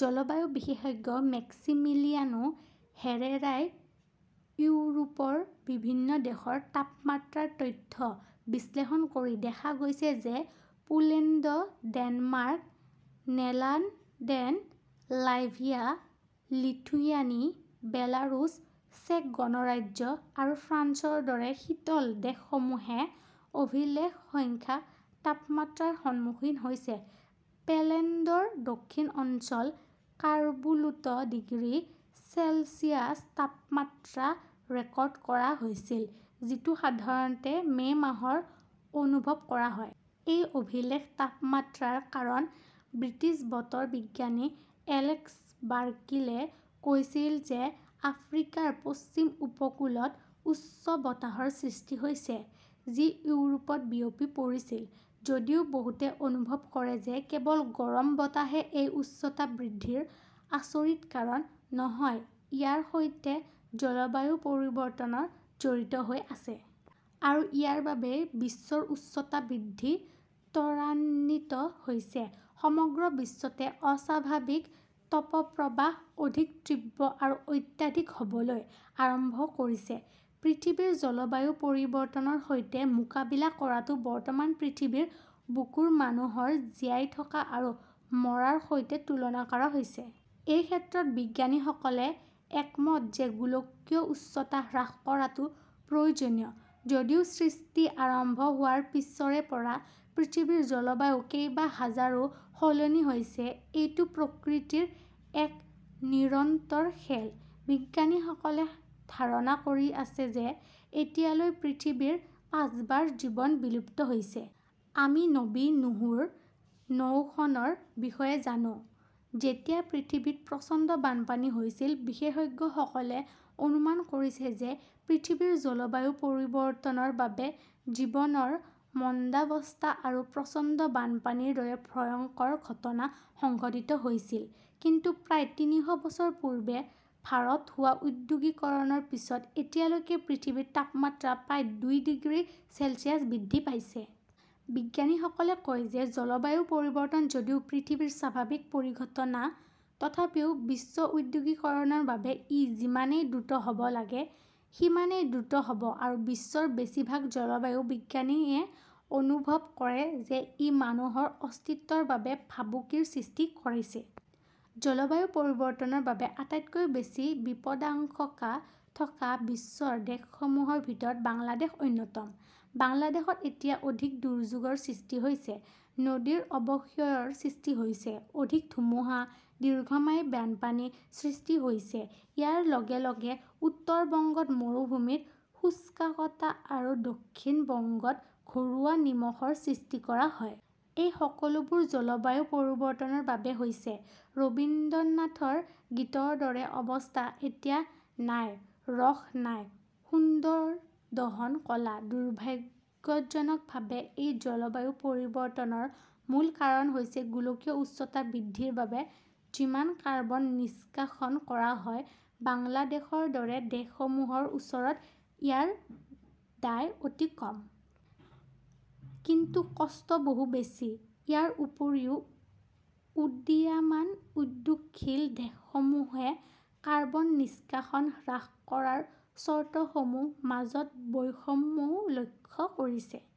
জলবায়ু বিশেষজ্ঞ মেক্সিমিলিয়ানো হেৰেৰাই ইউৰোপৰ বিভিন্ন দেশৰ তাপমাত্ৰাৰ তথ্য বিশ্লেষণ কৰি দেখা গৈছে যে Poland, Denmark, Netherland, Latvia, Lithuania, Belarus, চেক গণৰাজ্য আৰু ফ্ৰান্সৰ দৰে শীতল দেশসমূহে অভিলেখ সংখ্যক তাপমাত্ৰাৰ সন্মুখীন হৈছে। পোলেণ্ডৰ দক্ষিণ অঞ্চল কৰ্বিলোত ডিগ্ৰী চেলছিয়াছ তাপমাত্ৰা ৰেকৰ্ড কৰা হৈছিল যিটো সাধাৰণতে মে মাহত অনুভৱ কৰা হয়। এই অভিলেখ তাপমাত্ৰাৰ কাৰণ ব্ৰিটিছ বতৰ বিজ্ঞানী এলেক্স বাৰ্কিলে কৈছিল যে আফ্ৰিকাৰ পশ্চিম উপকূলত উষ্ণ বতাহৰ সৃষ্টি হৈছিল, যি ইউৰোপত বিয়পি পৰিছিল। যদিও বহুতে অনুভৱ কৰে যে কেৱল গৰম বতাহে এই উষ্ণতা বৃদ্ধিৰ আচৰিত কাৰণ নহয়, ইয়াৰ সৈতে জলবায়ু পৰিৱৰ্তন জড়িত হৈ আছে। আৰু ইয়াৰ বাবেই বিশ্ব উষ্ণতা বৃদ্ধি ত্বৰান্বিত হৈছে। সমগ্ৰ বিশ্বতে অস্বাভাৱিক তাপপ্ৰবাহ অধিক তীব্ৰ আৰু অত্যাধিক হ'বলৈ আৰম্ভ কৰিছে। পৃথিৱীৰ জলবায়ু পৰিৱৰ্তনৰ সৈতে মোকাবিলা কৰাটো বৰ্তমান পৃথিৱীৰ বুকুৰ মানুহৰ জীয়াই থকা আৰু মৰাৰ সৈতে তুলনা কৰা হৈছে। এই ক্ষেত্ৰত বিজ্ঞানীসকলে একমত যে গোলকীয় উষ্ণতা হ্ৰাস কৰাটো প্ৰয়োজনীয়। যদিও সৃষ্টি আৰম্ভ হোৱাৰ পিছৰে পৰা পৃথিৱীৰ জলবায়ু কেইবা হাজাৰবাৰো সলনি হৈছে। এইটো প্ৰকৃতিৰ এক নিৰন্তৰ খেল। বিজ্ঞানীসকলে ধাৰণা কৰি আছে যে এতিয়ালৈকে পৃথিৱীত পাঁচবাৰ জীৱন বিলুপ্ত হৈছে। আমি নবী নূহৰ নাওখনৰ বিষয়ে জানে, যেতিয়া পৃথিৱীত প্ৰচণ্ড বানপানী হৈছিল। বিশেষজ্ঞসকলে অনুমান কৰিছে যে পৃথিৱীত জলবায়ুৰ পৰিৱৰ্তনৰ বাবেই জীৱনৰ মন্দাৱস্থা আৰু প্ৰচণ্ড বানপানীৰ দৰে ভয়ংকৰ ঘটনা সংঘটিত হৈছিল। কিন্তু প্ৰায় তিনিশ বছৰ পূৰ্বে আৰম্ভ হোৱা ঔদ্যোগিকৰণৰ পিছত এতিয়ালৈকে পৃথিৱীৰ তাপমাত্ৰা প্ৰায় দুই ডিগ্ৰী চেলছিয়াছ বৃদ্ধি পাইছে। বিজ্ঞানীসকলে কয় যে জলবায়ু পৰিৱৰ্তন যদিও পৃথিৱীৰ স্বাভাৱিক পৰিঘটনা, তথাপিও বিশ্ব ঔদ্যোগিকৰণৰ বাবে ই যিমানেই দ্ৰুত হ'ব লাগে সিমানেই দ্ৰুত হ'ব আৰু বিশ্বৰ বেছিভাগ জলবায়ু বিজ্ঞানীয়ে অনুভৱ কৰে যে ই মানুহৰ অস্তিত্বৰ বাবে ভাবুকিৰ সৃষ্টি কৰিছে। জলবায়ু পৰিৱৰ্তনৰ বাবে আটাইতকৈ বেছি বিপদাশংকা থকা বিশ্বৰ দেশসমূহৰ ভিতৰত বাংলাদেশ অন্যতম। বাংলাদেশত এতিয়া অধিক দুৰ্যোগৰ সৃষ্টি হৈছে, নদীৰ অৱক্ষয়ৰ সৃষ্টি হৈছে, অধিক ধুমুহা, দীৰ্ঘম্যাদী বানপানীৰ সৃষ্টি হৈছে। ইয়াৰ লগে লগে উত্তৰ বংগত মৰুভূমিৰ শুষ্কতা আৰু দক্ষিণ বংগত ঘৰুৱা নিমখৰ সৃষ্টি হয়। এই সকলোবোৰ জলবায়ু পৰিৱৰ্তনৰ বাবে হৈছে। ৰবীন্দ্ৰনাথৰ গীতৰ দৰে অৱস্থা এতিয়া-'নাই ৰস নাই, সুন্দৰ দহন কাল।' দুৰ্ভাগ্যজনকভাৱে, এই জলবায়ু পৰিৱৰ্তনৰ মূল কাৰণ হৈছে গোলকীয় উষ্ণতা বৃদ্ধিৰ বাবে যিমান কাৰ্বন নিষ্কাশন কৰা হয়, বাংলাদেশৰ দৰে দেশসমূহৰ ওচৰত ইয়াৰ দায় অতি কম। কিন্তু কষ্ট বহু বেছি। ইয়াৰ উপৰিও, উদীয়মান উদ্যোগশীল দেশসমূহে কাৰ্বন নিষ্কাশন হ্ৰাস কৰাৰ চৰ্তসমূহৰ মাজত বৈষম্যও লক্ষ্য কৰিছে।